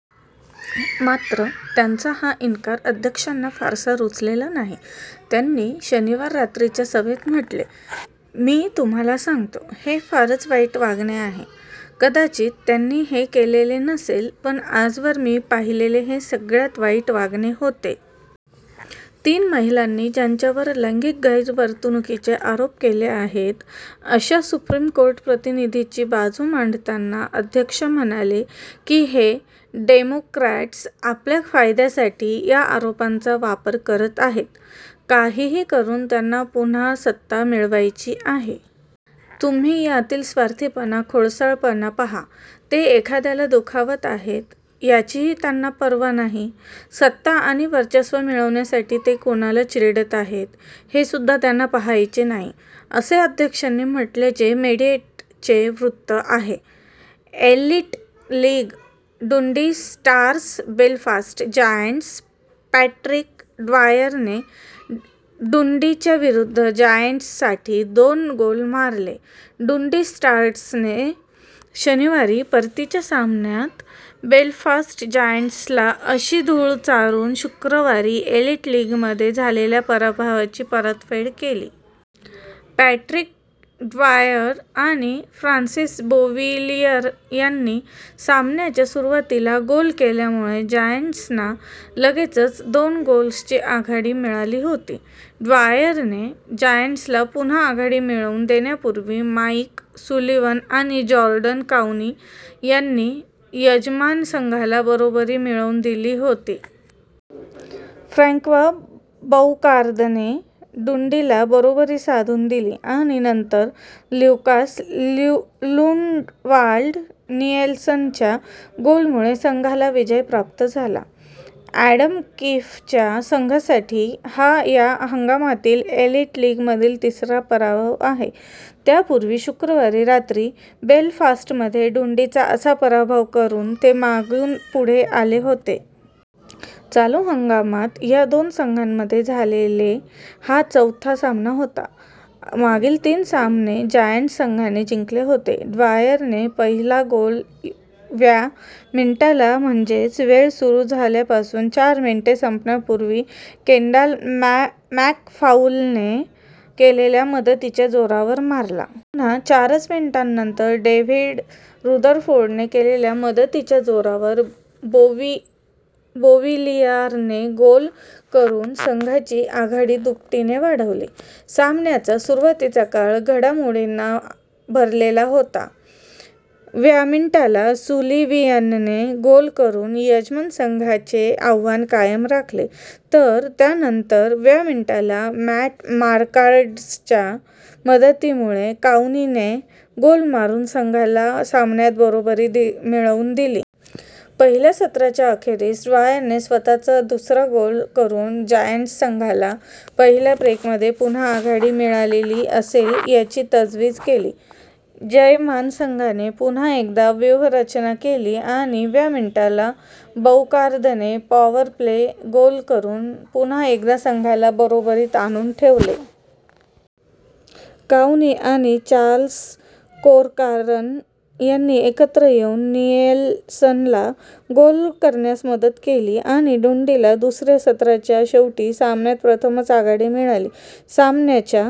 मात्र, त्यांचा हा इन्कार अध्यक्षांना फारसा रुचलेला नाही. त्यांनी शनिवार रात्रीच्या सभेत म्हटले, "मी तुम्हाला सांगतो, हे फारच वाईट वागणे आहे. " कदाचित त्यांनी हे केलेले नसेल पण आजवर मी पाहिलेले हे सगळ्यात वाईट वागणे होते. " तीन महिलांनी ज्यांच्यावर लैंगिक गैरवर्तणुकीचे आरोप केले आहेत अशा सुप्रीम कोर्ट प्रतिनिधीची बाजू मांडताना अध्यक्ष म्हणाले की हे डेमोक्रॅट्स आपल्या फायद्यासाठी या आरोपांचा वापर करत आहेत. काहीही करून त्यांना पुन्हा सत्ता मिळवायची आहे. तुम्ही यातील स्वार्थीपणा, खोडसाळपणा पहा, ते एखाद्याला दुखावत आहेत, याचीही त्यांना पर्वा नाही, सत्ता आणि वर्चस्व मिळवण्यासाठी ते कोणाला चिरडत आहेत, हेसुद्धा त्यांना पहायचे नाही," असे अध्यक्षांनी म्हटल्याचे मेडिएटचे वृत्त आहे. Elite League: Dundee Stars Belfast Giants Patrick ड्वायरने डुंडीच्या विरुद्ध जायंट्ससाठी दोन गोल मारले डुंडी स्टार्सने शनिवारी परतीच्या सामन्यात बेलफास्ट जायंट्सला अशी धूळ चारून शुक्रवारी एलीट लीगमध्ये झालेल्या पराभवाची परतफेड केली. पॅट्रिक ड्वायर आणि फ्रान्सिस बोविलीअर यांनी सामन्याच्या सुरुवातीला गोल केल्यामुळे जायंट्सना लगेचच दोन गोल्सची आघाडी मिळाली होती. ड्वायरने जायंट्सला पुन्हा आघाडी मिळवून देण्यापूर्वी माइक सुलीवन आणि जॉर्डन काउनी यांनी यजमान संघाला बरोबरी मिळवून दिली होती. फ्रँक्वा बौकार्दने डुंडीला बरोबरी साधून दिली आणि नंतर ल्युकास लुंडवाल्ड निएल्सनच्या गोलमुळे संघाला विजय प्राप्त झाला. अॅडम कीफच्या संघासाठी हा या हंगामातील एलीट लीगमधील तिसरा पराभव आहे. त्यापूर्वी शुक्रवारी रात्री बेलफास्टमध्ये डुंडीचा असा पराभव करून ते मागून पुढे आले होते. चालू हंगामात या दोन संघांमध्ये झालेला हा चौथा सामना होता. मागील तीन सामने जायंट्स संघाने जिंकले होते. ड्वायरने पहिला गोल व्या मिनिटाला म्हणजेच खेळ सुरू झाल्यापासून चार मिनिटे संपण्यापूर्वी केंडाल मॅकफाउलने केलेल्या मदतीच्या जोरावर मारला. पुन्हा चारच मिनिटांनंतर डेव्हिड रुदरफोर्डने केलेल्या मदतीच्या जोरावर बोविलीआरने गोल करून संघाची आघाडी दुपटीने वाढवली. सामन्याचा सुरुवातीचा काळ घडामोडींनी भरलेला होता.: व्या मिनिटाला सुलिवीअनने गोल करून यजमान संघाचे आव्हान कायम राखले, तर त्यानंतर: व्या मिनिटाला मॅट मार्कार्ड्टच्या मदतीमुळे काउनीने गोल मारून संघाला सामन्यात बरोबरी मिळवून दिली. पहिल्या सत्राच्या अखेरीस ड्वायरने स्वत:चा दुसरा गोल करून जायंट्स संघाला पहिल्या ब्रेकमध्ये पुन्हा आघाडी मिळालेली असेल याची तजवीज केली. "जयमान संघाने पुन्हा एकदा व्यूहरचना केली आणि: व्या मिनिटाला बौकार्दने पॉवर प्ले गोल करून पुन्हा एकदा संघाला बरोबरीत आणून ठेवले. " काउनी आणि चार्ल्स कोरकारन यांनी एकत्र येऊन नीएलसनला गोल करण्यास मदत केली आणि डुंडीला दुसऱ्या सत्राच्या शेवटी सामन्यात प्रथमच आघाडी मिळाली. सामन्याच्या